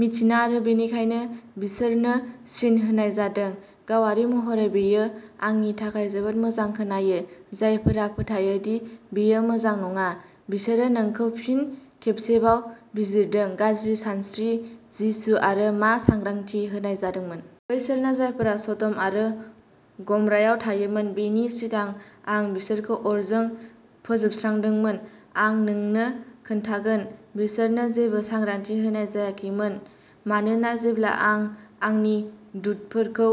मिन्थिना आरो बेनिखायनो, बिसोरनो सिन होनाय जादों। गावारि महरै बेयो आंनि थाखाय जोबोद मोजां खोनायो। जायफोरा फोथायो दि बेयो मोजां नङा। बिसोरो नोंखौ फिन खेबसेबाव बिजिरदों। गाज्रि सानस्रि जिसु आरो मा सांग्रांथि होनाय जादोंमोन। बैसोरनो जायफोरा सदम आरो गमरायाव थायोमोन। बेनि सिगां आं बिसोरखौ अरजों फोजोबस्रांदोंमोन। आं नोंनो खोन्थागोन बिसोरनो जेबो सांग्रांथि होनाय जायाखैमोन। मानोना जेब्ला आं आंनि दुतफोरखौ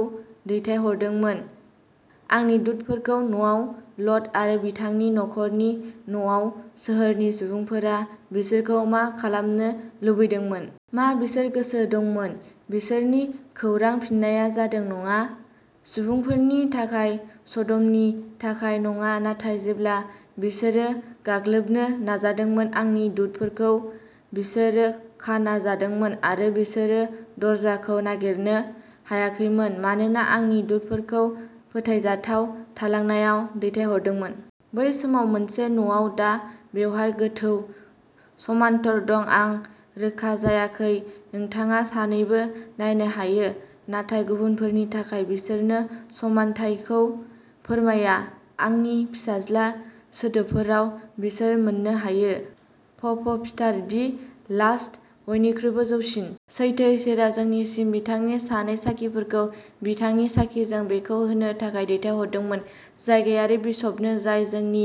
दैथायहरदोंमोन। आंनि दुतफोरखौ न'आव लट आरो बिथांनि नखर'नि न'आव सोहोरनि सुबुंफोरा बिसोरखौ मा खालामनो लुबैदोंमोन? मा बिसोर गोसो दंमोन। बिसोरनि खौरां फिननाया जादों नङा। सुबुंफोरनि थाखाय सदमनि थाखाय नङा। नाथाय जेब्ला बिसोरो गाग्लोबनो नाजादोंमोन। आंनि दुतफोरखौ बिसोरो खाना जादोंमोन आरो बिसोरो दरजाखौ नागिरनो हायाखैमोन। मानोना आंनि दुतफोरखौ फोथायजाथाव थालांनायाव दैथायहरदोंमोन। बै समाव मोनसे न'आव दा बेवहाय गोथौ समानटर दं। आं रोखा। जायखौ नोंथाङा सानैबो नायनो हायो। नाथाय गुबुनफोरनि थाखाय बिसोरनो समान्थायखौ फोरमाया। आंनि फिसाज्ला सोदोबफोराव बिसोर मोननो हायो। प'प पिटार दि लास्ट बयनिख्रुइबो जौसिन। सैथो इसोरआ जोंनिसिम बिथांनि सानै साखिफोरखौ बिथांनि साखिजों बेखौ होनो थाखाय दैथायहरदोंमोन। जायगायारि बिसपनो जाय जोंनि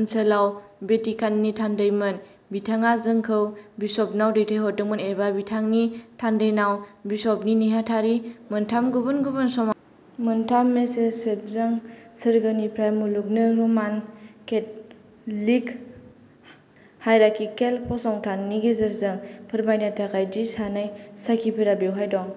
ओनसोलाव भेटिकाननि थान्दैमोन। बिथाङा जोंखौ बिसपनाव दैथायहरदोंमोन एबा बिथांनि थान्दैनाव बिसपनि नेहाथारि मोनथाम गुबुन-गुबुन समाव मोनथाम मेसेज सेटजों सोरगोनिफ्राय मुलुगनो रमान केथ'लिक हाइरारकिकेल फसंथाननि गेजेरजों फोरमायनो थाखाय दि सानै साखिफोरा बेवहाय दं।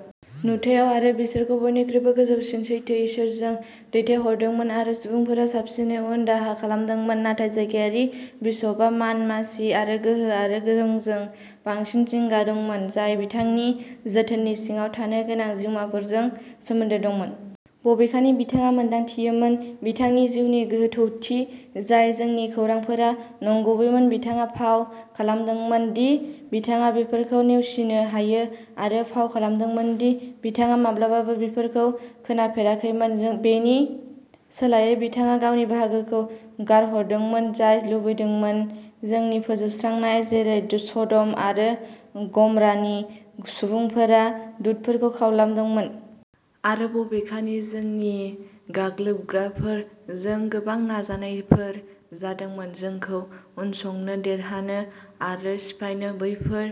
नुथायाव आरो बिसोरखौ बयनिख्रुइबो गोजौसिन सैथो इसोरजों दैथायहरदोंमोन आरो सुबुंफोरा साबसिनै, उनदाहा खालामनांदोंमोन। नाथाय जायगायारि बिसपआ मान मासि, आरो गोहो आरो रांजों बांसिन जिंगा दंमोन। जाय बिथांनि जोथोननि सिङाव थानो गोनां जिउमाफोरजों सोमोनदो दंमोन। बबेखानि बिथाङा मोनथियोमोन बिथांनि जिउनि गोथौथि जाय जोंनि खौरांफोरा नंगुबैमोन बिथाङा फाव खालामदोंमोन दि बिथाङा बेफोरखौ नेवसिनो हायो आरो फाव खालामदोंमोन दि बिथाङा माब्लाबाबो बेफोरखौ खोनाफेराखैमोन। बेनि सोलायै बिथाङा गावनि बाहागोखौ गारहरदोंमोन। जाय लुबैदोंमोन जोंनि फोजोबस्रांनाय जेरै सदम आरो गमरानि सुबुंफोरा दुतफोरखौ खालामदोंमोन। आरो बबेखानि जोंनि गाग्लोबग्राफोर जों गोबां नाजानायफोर जादोंमोन। जोंखौ उनसंनो देरहानो आरो सिफायनो बैफोर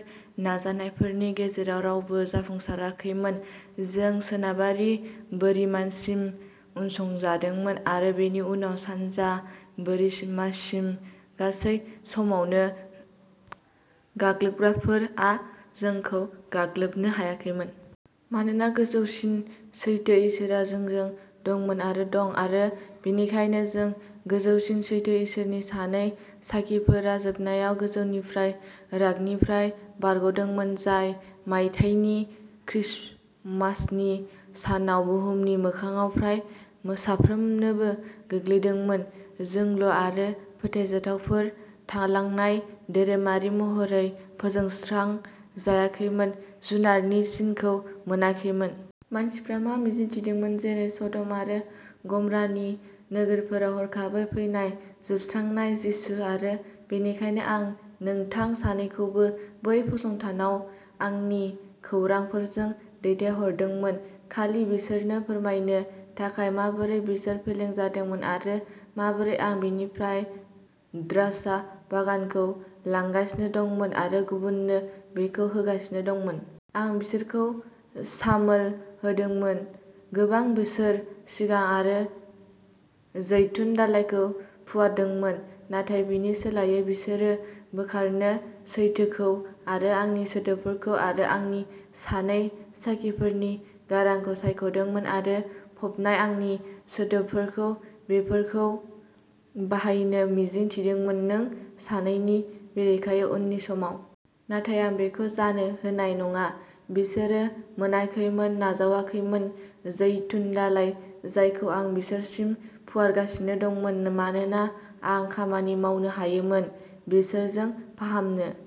नाजानायफोरनि गेजेराव रावबो जाफुंसाराखैमोन। जों सोनाबारि बोरिमासिम उनसंजादोंमोन आरो बेनि उनाव सानजा बोरिमासिम गासै समावनो गाग्लोबग्राफोर आ जोंखौ गाग्लोबनो हायाखैमोन। मानोना गोजौसिन सैथो इसोरआ जोंजों दंमोन आरो दं। आरो बेनिखायनो जों गोजौसिन सैथो इसोरनि सानै साखिफोरा जोबनायाव 'गोजौनिफ्राय रागनिफ्राय बारग'दोंमोन। जाय मायथाइनि क्रिसमासनि सानाव बुहुमनि मोखांआव फ्राय साफ्रोमनोबो गोग्लैदोंमोन। जोंल’ आरो फोथायजाथावफोर थालांनाय धोरोमारि महरै फोजोबस्रांजायाखैमोन जुनारनि सिनखौ मोनाखैमोन। मानसिफ्रा मा मिजिंथिदोंमोन! जेरै सडम आरो गमरानि नोगोरफोराव हरखाबै फैनाय फोजोबस्रांनाय जिसु आरो बेनिखायनो आं नोंथां सानैखौबो बै फसंथानआव आंनि खौरांफोरजों दैथायहरदोंमोन खालि बिसोरनो फोरमायनो थाखाय माबोरै बिसोर फेलें जादोंमोन। आरो माबोरै आं बेनिफ्राय द्राक्षा बागानखौ लांगासिनो दंमोन आरो गुबुननो बेखौ होगासिनो दंमोन। आं बिसोरखौ सामोल होदोंमोन गोबां बोसोर सिगां आरो जैतुन दालाइखौ फुवारदोंमोन। नाथाय बेनि सोलायै बिसोरो बोखारनो सैथोखौ आरो आंनि सोदोबफोरखौ आरो आंनि सानै साखिफोरनि गारां'खौ सायखदोंमोन आरो फबनाय आंनि सोदोबफोरखौ बेफोरखौ बाहायनो मिजिं थिदोंमोन नों सानैनि बेरेखायै उननि समाव। नाथाय आं बेखौ जानो होनाय नङा। बिसोरो मोनाखैमोन नाजावाखैमोन जैतुन दालाइ जायखौ आं बिसोरसिम फुवारगासिनो दंमोन। मानोना आं खामानि मावनो हायोमोन। बिसोरजों फाहामनो